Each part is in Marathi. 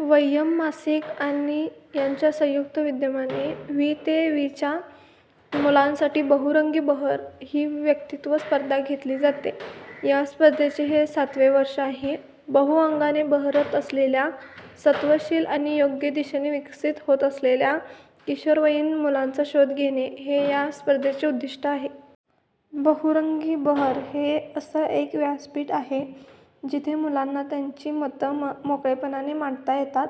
'वयम्' मासिक आणि यांच्या संयुक्त विद्यमाने वी ते वीच्या मुलांसाठी 'बहुरंगी बहर' ही व्यक्तित्व स्पर्धा घेतली जाते. या स्पर्धेचे हे सातवे वर्ष आहे. बहुअंगाने बहरत असलेल्या, सत्वशील आणि योग्य दिशेने विकसित होत असलेल्या किशोरवयीन मुलांचा शोध घेणे, हे या स्पर्धेचे उद्दिष्ट आहे. 'बहुरंगी बहर' हे असं एक व्यासपीठ आहे, जिथे मुलांना त्यांची मतं मोकळेपणाने मांडता येतात.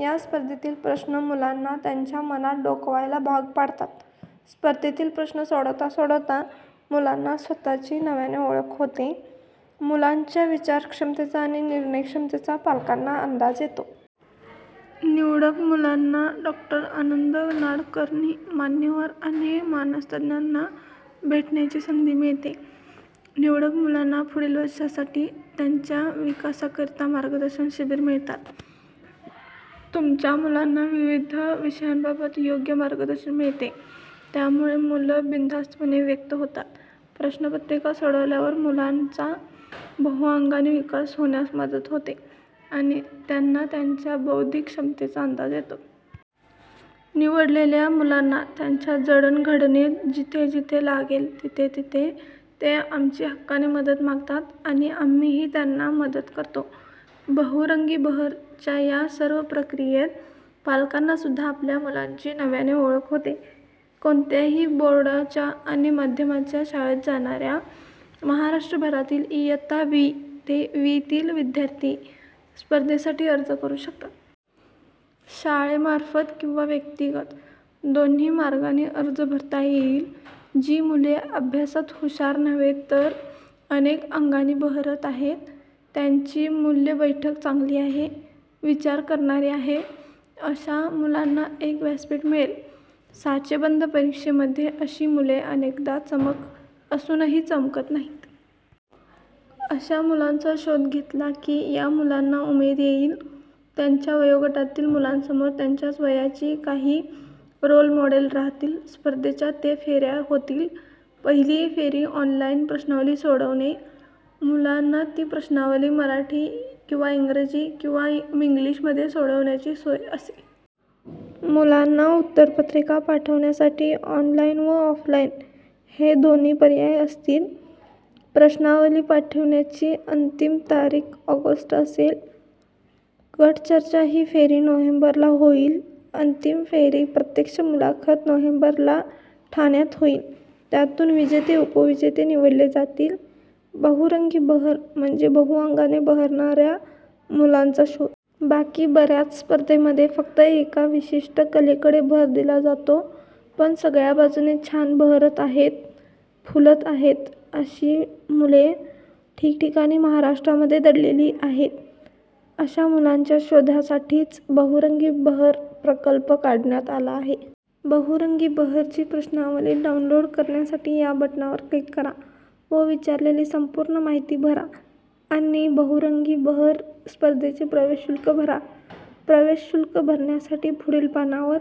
या स्पर्धेतील प्रश्न मुलांना त्यांच्या मनात डोकवायला भाग पाडतात. स्पर्धेतील प्रश्न सोडवता सोडवता मुलांना स्वतःची नव्याने ओळख होते. मुलांच्या विचारक्षमतेचा आणि निर्णयक्षमतेचा पालकांना अंदाज येतो. निवडक मुलांना डॉ. आनंद नाडकर्णी, मान्यवर आणि मानसतज्ज्ञाना भेटण्याची संधी मिळते. निवडक मुलांना पुढील वर्षांसाठी त्यांच्या विकासाकरिता मार्गदर्शन शिबिरं मिळतात. तुमच्या मुलांना विविध विषयांबाबत योग्य मार्गदर्शन मिळते त्यामुळे मुलं बिनधास्तपणे व्यक्त होतात. प्रश्नपत्रिका सोडवल्यावर, मुलांचा बहुअंगाने विकास होण्यास मदत होते आणि त्यांना त्यांच्या बौद्धिक क्षमतेचा अंदाज येतो. निवडलेल्या मुलांना त्यांच्या जडण-घडणीत जिथे-जिथे लागेल तिथे तिथे ते आमची हक्काने मदत मागतात आणि आम्हीही त्यांना मदत करतो. 'बहुरंगी बहर'च्या या सर्व प्रक्रियेत पालकांनासुद्धा आपल्या मुलांची नव्याने ओळख होते. कोणत्याही बोर्डाच्या आणि माध्यमाच्या शाळेत जाणारे महाराष्ट्रभरातील इयत्ता वी ते वीतील विद्यार्थी स्पर्धेसाठी अर्ज करू शकतात. शाळेमार्फत किंवा व्यक्तिगत दोन्ही मार्गांनी अर्ज भरता येईल. जी मुले फक्त अभ्यासात हुशार नव्हे, तर अनेक अंगांनी बहरत आहेत, त्यांची मूल्यबैठक चांगली आहे, विचार करणारी आहेत, अशा मुलांना एक व्यासपीठ मिळेल. साचेबंद परीक्षांमध्ये अशी मुले अनेकदा चमक असूनही चमकत नाहीत. अशा मुलांचा शोध घेतला की या मुलांना उमेद येईल. त्यांच्या वयोगटातील मुलांसमोर त्यांच्याच वयाची काही रोल मॉडेल राहतील. स्पर्धेच्या ते फेऱ्या होतील. पहिली फेरी- ऑनलाइन प्रश्नावली सोडवणे. मुलांना ती प्रश्नावली मराठी किंवा इंग्रजीत किंवा मिंग्लिशमध्ये सोडवण्याची सोय असेल. मुलांना उत्तरपत्रिका पाठवण्यासाठी ऑनलाइन व ऑफलाइन हे दोन्ही पर्याय असतील. प्रश्नावली पाठवण्याची अंतिम तारीख ऑगस्ट असेल. गटचर्चा- ही फेरी नोव्हेंबरला होईल. अंतिम फेरी- प्रत्यक्ष मुलाखत नोव्हेंबरला ठाण्यात होईल. त्यातून विजेते-उपविजेते निवडले जातील. 'बहुरंगी बहर' म्हणजे बहुअंगाने बहरणाऱ्या मुलांचा शोध. बाकी बऱ्याच स्पर्धेमध्ये फक्त एका विशिष्ट कलेकडे भर दिला जातो. पण सगळ्या बाजूने छान बहरत आहेत, फुलत आहेत अशी मुलं ठिकठिकाणी महाराष्ट्रामध्ये दडलेली आहेत. अशा मुलांच्या शोधासाठीच 'बहुरंगी बहर' प्रकल्प काढण्यात आला आहे. 'बहुरंगी बहर' ची प्रश्नावली डाऊनलोड करण्यासाठी या बटणावर क्लिक करा व विचारलेली संपूर्ण माहिती भरा आणि बहुरंगी बहर स्पर्धेचे प्रवेश शुल्क भरा. प्रवेश शुल्क भरल्यास पुढील पानावर